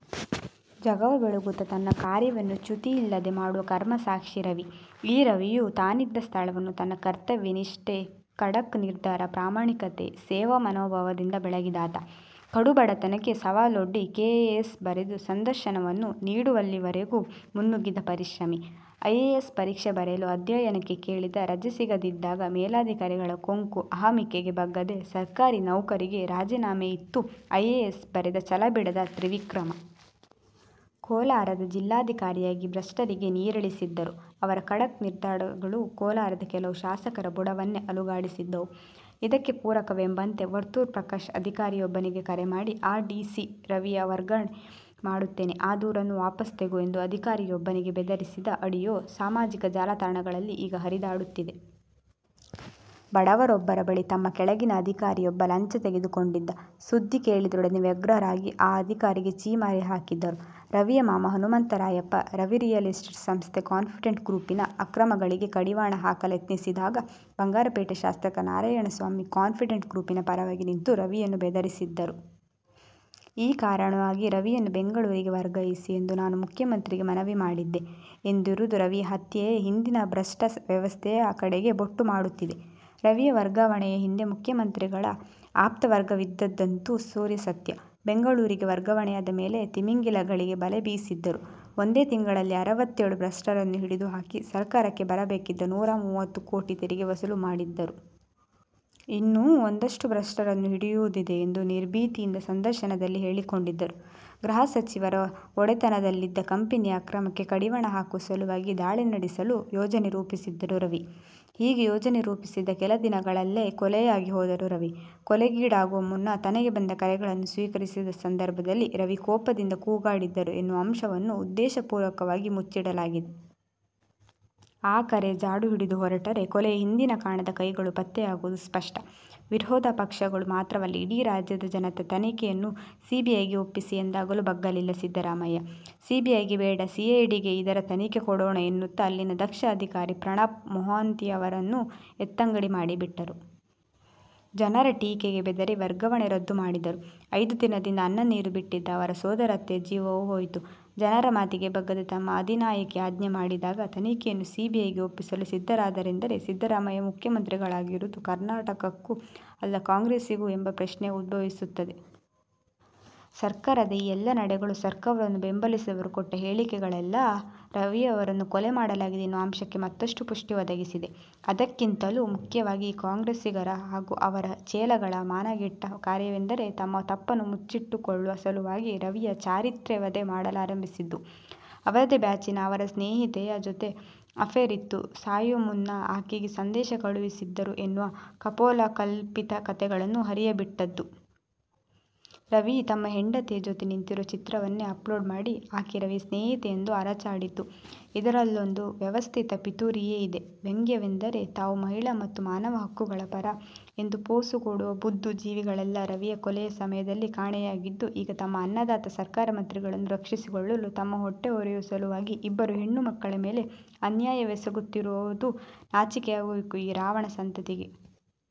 ಜಗವ ಬೆಳಗುತ ತನ್ನ ಕಾರ್ಯವನ್ನು ಚ್ಯುತಿಯಿಲ್ಲದೆ ಮಾಡುವ ಕರ್ಮಸಾಕ್ಷಿ ರವಿ. ಈ ರವಿಯೂ ತಾನಿದ್ದ ಸ್ಥಳವನ್ನು ತನ್ನ ಕರ್ತವ್ಯ ನಿಷ್ಠೆ ಖಡಕ್ ನಿರ್ಧಾರ, ಪ್ರಾಮಾಣಿಕತೆ, ಸೇವಾ ಮನೋಭಾವದಿಂದ ಬೆಳಗಿದಾತ. ಕಡುಬಡತನಕ್ಕೇ ಸವಾಲೊಡ್ಡಿ ಕೆಎಎಸ್ ಬರೆದು ಸಂದರ್ಶನವನ್ನೂ ನೀಡುವಲ್ಲಿವರೆಗೂ ಮುನ್ನುಗ್ಗಿದ ಪರಿಶ್ರಮಿ. ಐ ಎ ಎಸ್ ಪರೀಕ್ಷೆ ಬರೆಯಲು ಅಧ್ಯಯನಕ್ಕೆ ಕೇಳಿದ ರಜೆ ಸಿಗದಿದ್ದಾಗ ಮೇಲಾಧಿಕಾರಿಗಳ ಕೊಂಕು, ಅಹಮಿಕೆಗೆ ಬಗ್ಗದೆ ಸರ್ಕಾರೀ ನೌಕರಿಗೆ ರಾಜೀನಾಮೆಯಿತ್ತು ಐಎಎಸ್ ಬರೆದ ಛಲ ಬಿಡದ ತ್ರಿವಿಕ್ರಮ. ಕೋಲಾರದ ಜಿಲ್ಲಾಧಿಕಾರಿಯಾಗಿ ಭ್ರಷ್ಟರಿಗೆ ನೀರಿಳಿಸಿದ್ದರು. ಅವರ ಖಡಕ್ ನಿರ್ಧಾರಗಳು ಕೋಲಾರದ ಕೆಲವು ಶಾಸಕರ ಬುಡವನ್ನೇ ಅಲುಗಾಡಿಸಿದ್ದವು. ಇದಕ್ಕೆ ಪೂರಕವೆಂಬಂತೆ ವರ್ತೂರ್ ಪ್ರಕಾಶ್ ಅಧಿಕಾರಿಯೊಬ್ಬನಿಗೆ ಕರೆ ಮಾಡಿ "ಆ ಡಿ ಸಿ ರವಿಯನ್ನು ವರ್ಗಾವಣೆ ಮಾಡುತ್ತೇನೆ ಆ ದೂರನ್ನು ವಾಪಸು ತೆಗೋ" ಎಂದು ಅಧಿಕಾರಿಯೊಬ್ಬನಿಗೆ ಬೆದರಿಸಿದ ಅಡಿಯೋ ಸಾಮಾಜಿಕ ಜಾಲ ತಾಣಗಳಲ್ಲಿ ಈಗ ಹರಿದಾಡುತ್ತಿದೆ. ಬಡವರೊಬ್ಬರ ಬಳಿ ತಮ್ಮ ಕೆಳಗಿನ ಅಧಿಕಾರಿಯೊಬ್ಬ ಲಂಚ ತೆಗೆದುಕೊಂಡಿದ್ದ ಸುದ್ದಿ ಕೇಳಿದೊಡನೆ ವ್ಯಗ್ರರಾಗಿ ಆ ಅಧಿಕಾರಿಗೆ ಛೀಮಾರಿ ಹಾಕಿದ್ದರು. ರವಿಯ ಮಾವ ಹನುಮಂತರಾಯಪ್ಪ, "ರವಿ ರಿಯಲ್ ಎಸ್ಟೇಟ್ ಸಂಸ್ಥೆ ಕಾನ್ಫಿಡೆಂಟ್ ಗ್ರೂಪಿನ ಅಕ್ರಮಗಳಿಗೆ ಕಡಿವಾಣ ಹಾಕಲೆತ್ನಿಸಿದಾಗ ಬಂಗಾರಪೇಟೆ ಶಾಸಕ ನಾರಾಯಣಸ್ವಾಮಿ ಕಾನ್ಫಿಡೆಂಟ್ ಗ್ರೂಪಿನ ಪರವಾಗಿ ನಿಂತು ರವಿಯನ್ನು ಬೆದರಿಸಿದ್ದರು. ಈ ಕಾರಣವಾಗಿ ರವಿಯನ್ನು ಬೆಂಗಳೂರಿಗೆ ವರ್ಗಾಯಿಸಿ ಎಂದು ನಾನು ಮುಖ್ಯಮಂತ್ರಿಗೆ ಮನವಿ ಮಾಡಿದ್ದೆ". ಎಂದಿರುವುದು ರವಿಯ ಹತ್ಯೆಯ ಹಿಂದಿನ ಭೃಷ್ಟ ವ್ಯವಸ್ಥೆಯ ಕಡೆಗೆ ಬೊಟ್ಟು ಮಾಡುತ್ತಿದೆ. ರವಿಯ ವರ್ಗಾವಣೆಯ ಹಿಂದೆ ಮುಖ್ಯಮಂತ್ರಿಗಳ ಆಪ್ತವರ್ಗವಿದ್ದದ್ದಂತೂ ಸೂರ್ಯ ಸತ್ಯ. ಬೆಂಗಳೂರಿಗೆ ವರ್ಗಾವಣೆಯಾದ ಮೇಲೆ ತಿಮಿಂಗಿಲಗಳಿಗೇ ಬಲೆ ಬೀಸಿದ್ದರು. ಒಂದೇ ತಿಂಗಳಲ್ಲಿ ಅರವತ್ತೇಳು ಭ್ರಷ್ಟರನ್ನು ಹಿಡಿದುಹಾಕಿ ಸರಕಾರಕ್ಕೆ ಬರಬೇಕಿದ್ದ ನೂರ ಮೂವತ್ತು ಕೋಟಿ ತೆರಿಗೆ ವಸೂಲು ಮಾಡಿದ್ದರು. ಇನ್ನೂ ಒಂದಷ್ಟು ಭೃಷ್ಟರನ್ನು ಹಿಡಿಯುವುದಿದೆ ಎಂದು ನಿರ್ಭೀತಿಯಿಂದ ಸಂದರ್ಶನದಲ್ಲಿ ಹೇಳಿಕೊಂಡಿದ್ದರು. ಗೃಹ ಸಚಿವರ ಒಡೆತನದಲ್ಲಿದ್ದ ಕಂಪೆನಿಯ ಅಕ್ರಮಕ್ಕೆ ಕಡಿವಾಣ ಹಾಕುವ ಸಲುವಾಗಿ ದಾಳಿ ನಡೆಸಲು ಯೋಜನೆ ರೂಪಿಸಿದ್ದರು ರವಿ. ಹೀಗೆ ಯೋಜನೆ ರೂಪಿಸಿದ್ದ ಕೆಲದಿನಗಳಲ್ಲೇ ಕೊಲೆಯಾಗಿ ಹೋದರು ರವಿ. ಕೊಲೆಗೀಡಾಗುವ ಮುನ್ನ ತನಗೆ ಬಂದ ಕರೆಗಳನ್ನು ಸ್ವೀಕರಿಸಿದ ಸಂದರ್ಭದಲ್ಲಿ ರವಿ ಕೋಪದಿಂದ ಕೂಗಾಡಿದ್ದರು ಎನ್ನುವ ಅಂಶವನ್ನು ಉದ್ದೇಶಪೂರ್ವಕವಾಗಿ ಮುಚ್ಚಿಡಲಾಗಿದೆ. ಆ ಕರೆಯ ಜಾಡು ಹಿಡಿದು ಹೊರಟರೆ ಕೊಲೆಯ ಹಿಂದಿನ ಕಾಣದ "ಕೈ"ಗಳು ಪತ್ತೆಯಾಗುವುದು ಸ್ಪಷ್ಟ. ವಿರೋಧ ಪಕ್ಷಗಳು ಮಾತ್ರವಲ್ಲ, ಇಡೀ ರಾಜ್ಯದ ಜನತೆ ತನಿಖೆಯನ್ನು ಸಿಬಿಐಗೆ ಒಪ್ಪಿಸಿ ಎಂದಾಗಲೂ ಬಗ್ಗಲಿಲ್ಲ ಸಿದ್ದರಾಮಯ್ಯ. ಸಿಬಿಐಗೆ ಬೇಡ ಸಿಐಡಿಗೆ ಇದರ ತನಿಖೆ ಕೊಡೋಣ ಎನ್ನುತ್ತ ಅಲ್ಲಿನ ದಕ್ಷ ಅಧಿಕಾರಿ ಪ್ರಣಬ್ ಮೋಹಾಂತಿಯವರನ್ನು ಎತ್ತಂಗಡಿ ಮಾಡಿಬಿಟ್ಟರು. ಜನರ ಟೀಕೆಗೆ ಬೆದರಿ ವರ್ಗಾವಣೆ ರದ್ದು ಮಾಡಿದರು. ಐದು ದಿನದಿಂದ ಅನ್ನನೀರು ಬಿಟ್ಟಿದ್ದ ಅವರ ಸೋದರತ್ತೆಯ ಜೀವವೂ ಹೋಯಿತು. ಜನರ ಮಾತಿಗೆ ಬಗ್ಗದೆ ತಮ್ಮ ಅಧಿನಾಯಕಿ ಆಜ್ಞೆ ಮಾಡಿದಾಗ ತನಿಖೆಯನ್ನು ಸಿಬಿಐಗೆ ಒಪ್ಪಿಸಲು ಸಿದ್ಧರಾದರೆಂದರೆ ಸಿದ್ದರಾಮಯ್ಯ ಮುಖ್ಯಮಂತ್ರಿಗಳಾಗಿರುವುದು ಕರ್ನಾಟಕಕ್ಕೋ ಅಲ್ಲಾ ಕಾಂಗ್ರೆಸಿಗೋ ಎಂಬ ಪ್ರಶ್ನೆ ಉದ್ಭವಿಸುತ್ತದೆ. ಸರ್ಕಾರದ ಈ ಎಲ್ಲಾ ನಡೆಗಳು ಸರಕಾರವನ್ನು ಬೆಂಬಲಿಸಿದವರು ಕೊಟ್ಟ ಹೇಳಿಕೆಗಳೆಲ್ಲಾ ರವಿಯವರನ್ನು ಕೊಲೆ ಮಾಡಲಾಗಿದೆ ಎನ್ನುವ ಅಂಶಕ್ಕೆ ಮತ್ತಷ್ಟು ಪುಷ್ಠಿ ಒದಗಿಸಿದೆ. ಅದಕ್ಕಿಂತಲೂ ಮುಖ್ಯವಾಗಿ ಈ ಕಾಂಗ್ರೆಸ್ಸಿಗರ ಹಾಗೂ ಅವರ ಚೇಲಾಗಳ ಮಾನಗೆಟ್ಟ ಕಾರ್ಯವೆಂದರೆ ತಮ್ಮ ತಪ್ಪನ್ನು ಮುಚ್ಚಿಟ್ಟುಕೊಳ್ಳುವ ಸಲುವಾಗಿ ರವಿಯ ಚಾರಿತ್ರ್ಯವಧೆ ಮಾಡಲಾರಂಭಿಸಿದ್ದು. ಅವರದೇ ಬ್ಯಾಚಿನ ಅವರ ಸ್ನೇಹಿತೆಯ ಜೊತೆ ಅಫೇರ್ ಇತ್ತು, ಸಾಯುವ ಮುನ್ನ ಆಕೆಗೆ ಸಂದೇಶ ಕಳುಹಿಸಿದ್ದರು ಎನ್ನುವ ಕಪೋಲಕಲ್ಪಿತ ಕಥೆಗಳನ್ನು ಹರಿಯಬಿಟ್ಟದ್ದು. ರವಿ ತಮ್ಮ ಹೆಂಡತಿಯ ಜೊತೆ ನಿಂತಿರುವ ಚಿತ್ರವನ್ನೇ ಅಪ್ಲೋಡ್ ಮಾಡಿ ಆಕೆ ರವಿಯ ಸ್ನೇಹಿತೆ ಎಂದು ಅರಚಾಡಿದ್ದು. ಇದರಲ್ಲೊಂದು ವ್ಯವಸ್ಥಿತ ಪಿತೂರಿಯೇ ಇದೆ. ವ್ಯಂಗ್ಯವೆಂದರೆ ತಾವು ಮಹಿಳಾ ಮತ್ತು ಮಾನವ ಹಕ್ಕುಗಳ ಪರ ಎಂದು ಪೋಸುಕೊಡುವ ಬುದ್ದು ಜೀವಿಗಳೆಲ್ಲಾ ರವಿಯ ಕೊಲೆಯ ಸಮಯದಲ್ಲಿ ಕಾಣೆಯಾಗಿದ್ದು ಈಗ ತಮ್ಮ ಅನ್ನದಾತ ಸರಕಾರ-ಮಂತ್ರಿಗಳನ್ನು ರಕ್ಷಿಸಿಕೊಳ್ಳಲು ತಮ್ಮ ಹೊಟ್ಟೆ ಹೊರೆಯುವ ಸಲುವಾಗಿ ಇಬ್ಬರು ಹೆಣ್ಣುಮಕ್ಕಳ ಮೇಲೆ ಅನ್ಯಾಯವೆಸಗುತ್ತಿರೋದು ನಾಚಿಕೆಯಾಗಬೇಕು ಈ "ರಾವಣ" ಸಂತತಿಗೆ.